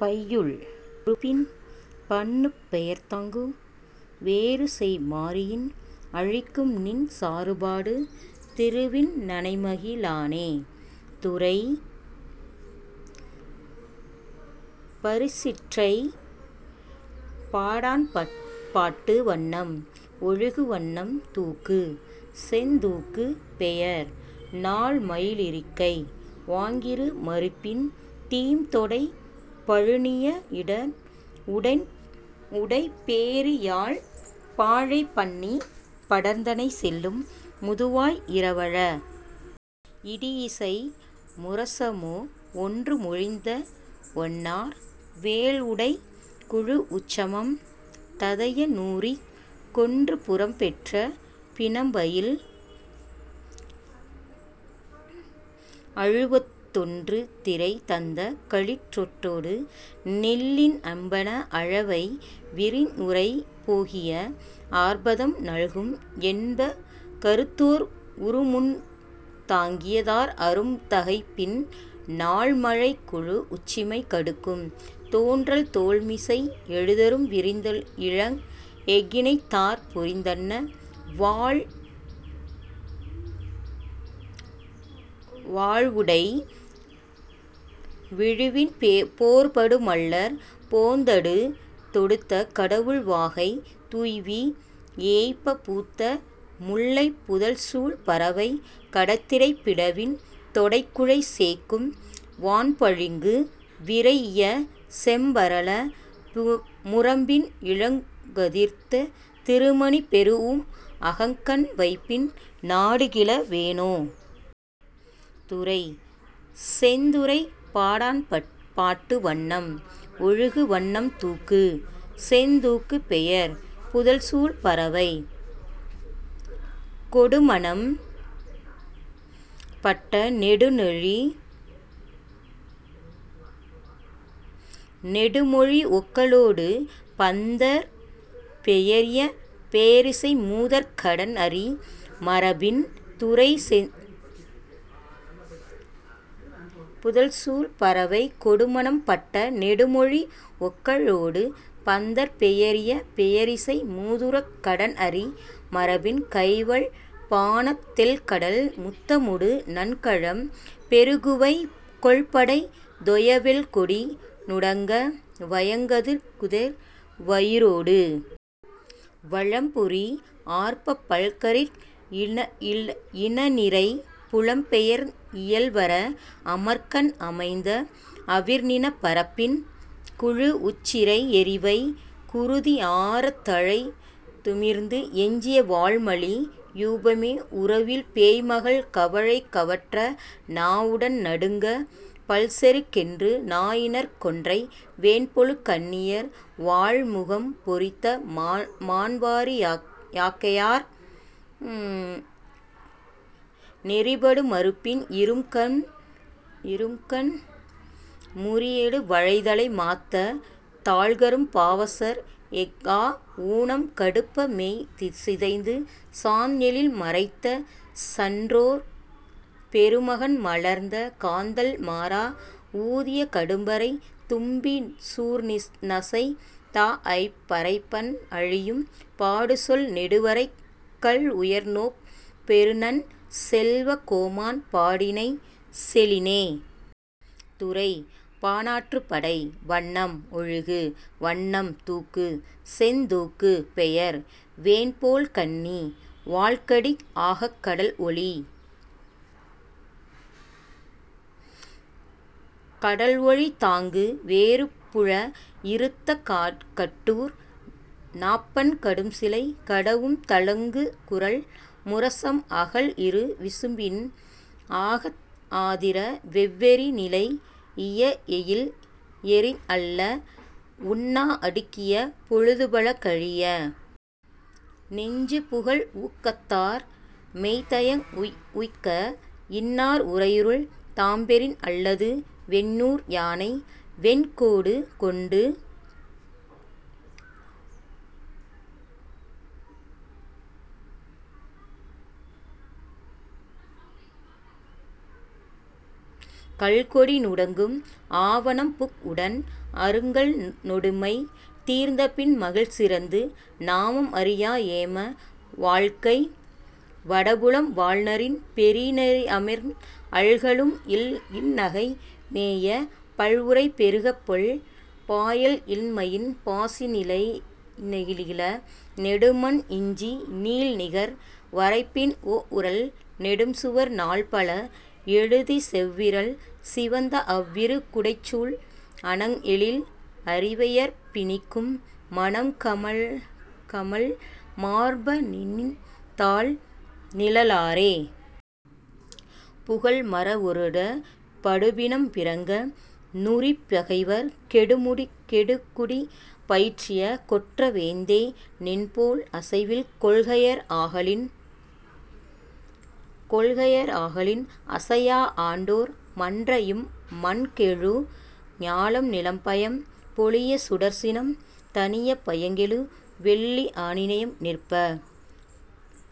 பையுள் உறுப்பின் பண்ணுப் பெயர்த்தாங்குச் வேறுசெய் மாரியின் அளிக்கும்நின் சாறுபடு திருவின் நனைமகிழானே. துறை: பரிசிற்றுறைப் பாடாண்பாட்டு வண்ணம்: ஒழுகு வண்ணம் தூக்கு: செந்தூக்கு பெயர்: நாள்மகிழிருக்கை வாங்கிரு மருப்பின் தீம்தொடை பழுனிய இடன்உடைப் பேரியாழ் பாலை பண்ணிப் படர்ந்தனை செல்லும் முதுவாய் இரவல இடிஇசை முரசமொ ஒன்றுமொழிந் ஒன்னார் வேல்உடைக் குழூஉச்சமம் ததைய நூறிக் கொன்றுபுறம் பெற்ற பிணம்பயில் அழுவத்துத் தொன்றுதிறை தந்த களிற்றொடு நெல்லின் அம்பண அளவை விரிந்உறை போகிய ஆர்பதம் நல்கும் என்ப கறுத்தோர் உறுமுரண் தாங்கிய தார்அரும் தகைப்பின் நாள்மழைக் குழூஉச்சிமை கடுக்கும் தோன்றல் தோல்மிசைத் எழுதரும் விரிந்இலங் எஃகின் தார்புரிந் தன்ன வாள்உடை விழவின் போர்படு மள்ளர் போந்தொடு தொடுத்த கடவுள் வாகைத் துய்வீ ஏய்ப்பப் பூத்த முல்லைப் புதல்சூழ் பறவை கடத்திடைப் பிடவின் தொடைக்குலைச் சேக்கும் வான்பளிங்கு விரைஇய செம்பரல் முரம்பின் இலங்குகதிர்த் திருமணி பெறூஉம் அகன்கண் வைப்பின் நாடுகிழ வோனே. துறை: செந்துறைப் பாடாண்பாட்டு வண்ணம்: ஒழுகு வண்ணம் தூக்கு: செந்தூக்கு பெயர்: புதல்சூழ் பறவை கொடுமணம் பட்ட நெடுமொழி ஒக்கலொடு பந்தர்ப் பெயரிய பேரிசை மூதூர்க் கடன்அறி மரபின் கைவல் பாண தெள்கடல் முத்தமொடு நன்கலம் பெறுகுவை கொல்படை தொய வெல்கொடி நுடங்க வயங்குகதிர் வயிரொடு வலம்புரி ஆர்ப்பப் பல்களிற் இனநிரை புலம்பெயர்ந் இயல்வர அமர்க்கண் அமைந்த அவிர்நிணப் பரப்பின் குழூஉச்சிறை எருவை குருதி ஆரத் தலைதுமிந் எஞ்சிய வாள்மலி யூபமொ உருவில் பேய்மகள் கவலை கவற்ற நாஉடன் நடுங்கப் பல்செருக் கொன்று நாஇணர்க் கொன்றை வெண்போழ்க் கண்ணியர் வாள்முகம் பொறித்த மாண்வரி யாக்கையர் நெறிபடு மருப்பின் இரும்கண் மூரியொடு வளைதலை மாத்த தாழ்கரும் பாசவர் எஃஆ ஊனம் கடுப்பமெய் சிதைந்து சாந்எழில் மறைத்த சன்றோர் பெருமகன் மலர்ந்த காந்தள் மாறா ஊதிய கடும்பறைத் தும்பி சூர்நசைத் தாஅய்ப் பறைபண் அழியும் பாடுசால் நெடுவரைக் கல்உயர் நோப் பொருநன் செல்வக் கோமான் பாடினை செலினே. துறை: பாணாற்றுப்படை வண்ணம்: ஒழுகு வண்ணம் தூக்கு: செந்தூக்கு பெயர்: வெண்போழ்க்கண்ணி கால்கடிப் ஆகக் கடல்ஒலித் தாங்கு வேறுபுலத் இறுத்த கட்டூர் நாப்பண் கடும்சிலை கடவும் தழங்குகுரல் முரசம் அகல்இரு விசும்பின் ஆகத் அதிர வெவ்வரி நிலைஇய எயில்எறிந் அல்ல உண்ணா அடுக்கிய பொழுதுபல கழிய நெஞ்சுபுகல் ஊக்கத்தர் மெய்தயங் உய்க்கத் இன்னார் உறையுள் தாம்பெறின் அல்லது வேந்ஊர் யானை வெண்கோடு கொண்டு கள்கொடி நுடங்கும் ஆவணம் புக்உடன் அருங்கள் நொடைமை தீர்ந்தபின் மகிழ்சிறந்து நாமம் அறியா ஏம வாழ்க்கை வடபுலம் வாழ்நரின் பெரிஅமர்ந் அல்கலும் இன்நகை மேய பல்உறை பெறுபகொல் பாயல் இன்மையின் பாசிழை ஞெகிழ நெடுமண் இஞ்சி நீள்நகர் வரைப்பின் ஓஉறழ் நெடும்சுவர் நாள்பல எழுதிச் செவ்விரல் சிவந்த அவ்வரிக் குடைச்சூல் அணங்எழில் அரிவையர்ப் பிணிக்கும் மணம்கமழ் மார்பநின் தாள்நிழ லோரே. புகல்மறவரொடு படுபிணம் பிறங்க நூறிப் பகைவர் கெடுகுடி பயிற்றிய கொற்ற வேந்தே நின்போல், அசைவில் கொள்கையர் ஆகலின் அசையா ஆண்டோ ர் மன்றஇம் மண்கெழு ஞாலம் நிலம்பயம் பொழியச் சுடர்சினம் தணியப் பயங்கெழு வெள்ளி ஆநியம் நிற்ப